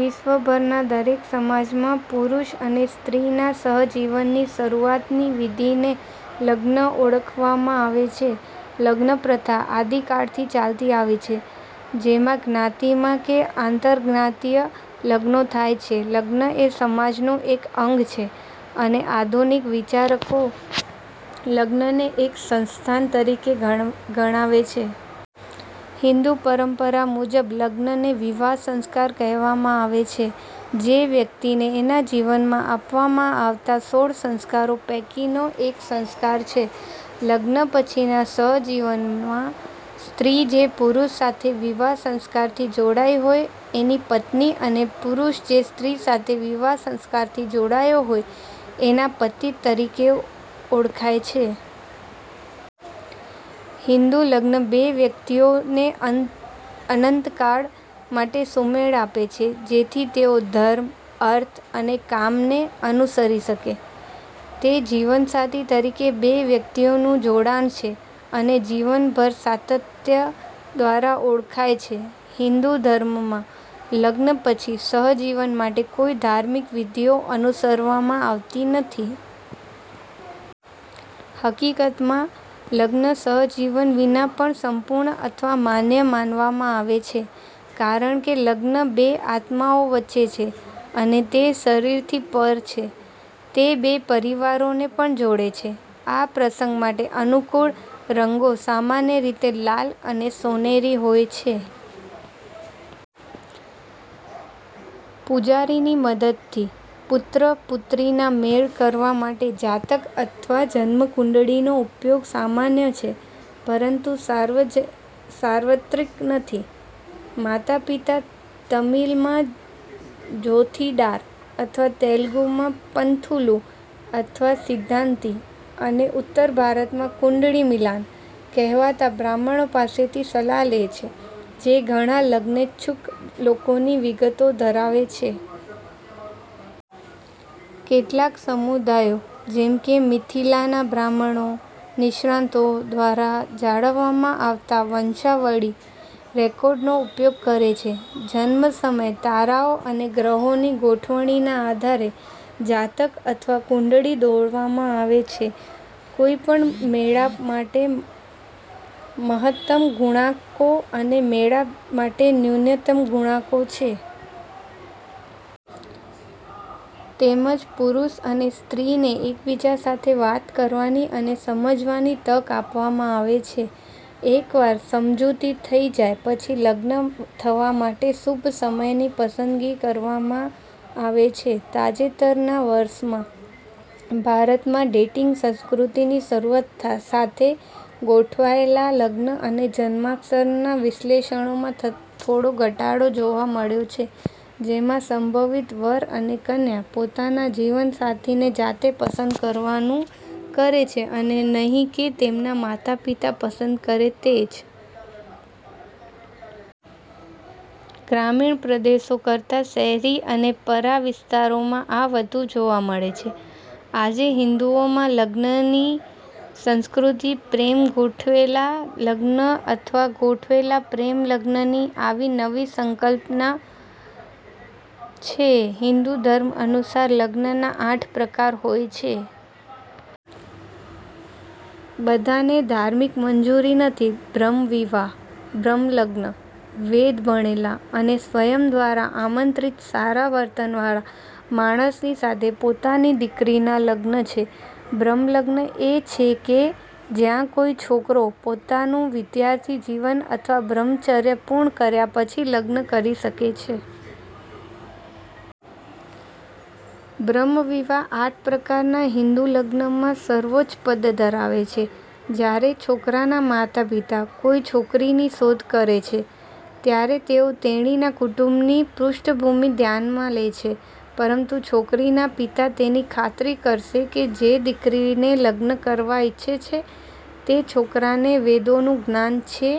વિશ્વભરના દરેક સમાજમાં પુરુષ અને સ્ત્રીના સહજીવનની શરુઆતની વિધિને લગ્ન ઓળખવામાં આવે છે. લગ્નપ્રથા આદિકાળથી ચાલતી આવી છે, જેમાં જ્ઞાતિમાં કે આંતરજ્ઞાતિય લગ્નો થાય છે. લગ્ન એ સમાજનું એક અંગ છે અને આધુનિક વિચારકો લગ્નને એક સંસ્થાન તરીકે ગણાવે છે. હિંદુ પરંપરા મુજબ લગ્નને વિવાહ સંસ્કાર કહેવામાં આવે છે, જે વ્યક્તિને એના જીવનમાં આપવામાં આવતા સોળ સંસ્કારો પૈકીનો એક સંસ્કાર છે. લગ્ન પછીના સહજીવનમાં સ્ત્રી જે પુરુષ સાથે વિવાહ સંસ્કારથી જોડાઈ હોય એની પત્ની અને પુરુષ જે સ્ત્રી સાથે વિવાહ સંસ્કારથી જોડાયો હોય એના પતિ તરીકે ઓળખાય છે. હિન્દુ લગ્ન બે વ્યક્તિઓ ને અનંતકાળ માટે સુમેળ આપે છે, જેથી તેઓ ધર્મ, અર્થ અને કામને અનુસરી શકે. તે જીવનસાથી તરીકે બે વ્યક્તિઓનું જોડાણ છે, અને જીવનભર સાતત્ય દ્વારા ઓળખાય છે. હિન્દુ ધર્મમાં, લગ્ન પછી સહજીવન માટે કોઈ ધાર્મિક વિધિઓ અનુસરવામાં આવતી નથી. હકીકતમાં, લગ્ન સહજીવન વિના પણ સંપૂર્ણ અથવા માન્ય માનવામાં આવે છે, કારણ કે લગ્ન બે આત્માઓ વચ્ચે છે અને તે શરીરથી પર છે. તે બે પરિવારોને પણ જોડે છે. આ પ્રસંગ માટે અનુકૂળ રંગો સામાન્ય રીતે લાલ અને સોનેરી હોય છે. પૂજારીની મદદથી પુત્ર/પુત્રીના મેળ કરવા માટે જાતક અથવા જન્મ કુંડળી નો ઉપયોગ સામાન્ય છે, પરંતુ સાર્વત્રિક નથી. માતા-પિતા તમિલ માં 'જોથીદાર' અથવા તેલુગુ માં 'પંથુલું અથવા સિદ્ધાંતી' અને ઉત્તર ભારતમાં 'કુંડળી મિલાન' કહેવાતા બ્રાહ્મણ પાસેથી સલાહ લે છે, જે ઘણા લગ્નેચ્છુક લોકોની વિગતો ધરાવે છે. કેટલાક સમુદાયો, જેમ કે મિથિલાના બ્રાહ્મણો, નિષ્ણાતો દ્વારા જાળવવામાં આવતા વંશાવળી રેકોર્ડ નો ઉપયોગ કરે છે. જન્મ સમયે તારાઓ અને ગ્રહોની ગોઠવણના આધારે જાતક અથવા કુંડળી દોરવામાં આવે છે. કોઈપણ મેળાપ માટે મહત્તમ ગુણાંકો અને મેળાપ માટે ન્યૂનતમ ગુણાંકો છે. તેમજ પુરુષ અને સ્ત્રીને એકબીજા સાથે વાત કરવાની અને સમજવાની તક આપવામાં આવે છે. એકવાર સમજૂતી થઈ જાય પછી લગ્ન થવા માટે શુભ સમયની પસંદગી કરવામાં આવે છે. તાજેતરના વર્ષોમાં, ભારતમાં ડેટિંગ સંસ્કૃતિની શરૂઆત સાથે, ગોઠવાયેલા લગ્ન અને જન્માક્ષરના વિશ્લેષણમાં થોડો ઘટાડો જોવા મળ્યો છે, જેમાં સંભવિત વર અને કન્યા પોતાના જીવનસાથીને જાતે પસંદ કરવાનું પસંદ કરે છે અને નહીં કે તેમના માતાપિતા પસંદ કરે તે જ. ગ્રામીણ પ્રદેશો કરતા શહેરી અને પરા વિસ્તારોમાં આ વધુ જોવા મળે છે. આજે હિંદુઓમાં લગ્નની સંસ્કૃતિ પ્રેમ-ગોઠવેલા લગ્ન અથવા ગોઠવેલા-પ્રેમ લગ્નની આવી નવી સંકલ્પના છે. હિન્દુ ધર્મ અનુસાર લગ્નના આઠ પ્રકાર હોય છે. બધાને ધાર્મિક મંજૂરી નથી. બ્રહ્મ વિવાહ બ્રહ્મ લગ્ન, વેદ ભણેલા, અને સ્વયં દ્વારા આમંત્રિત સારા વર્તન વાળા માણસની સાથે પોતાની દીકરીના લગ્ન છે. બ્રહ્મ લગ્ન એ છે કે જ્યાં કોઈ છોકરો પોતાનું વિદ્યાર્થી જીવન અથવા બ્રહ્મચર્ય પૂર્ણ કર્યા પછી લગ્ન કરી શકે છે. બ્રહ્મ વિવાહ આઠ પ્રકારનાં હિન્દુ લગ્નમાં સર્વોચ્ચ પદ ધરાવે છે. જ્યારે છોકરાના માતાપિતા કોઈ છોકરીની શોધ કરે છે, ત્યારે તેઓ તેણીના કુટુંબની પૃષ્ઠભૂમિ ધ્યાનમાં લે છે, પરંતુ છોકરીના પિતા તેની ખાતરી કરશે કે જે દીકરીને લગ્ન કરવા ઇચ્છે છે તે છોકરાને વેદોનું જ્ઞાન છે.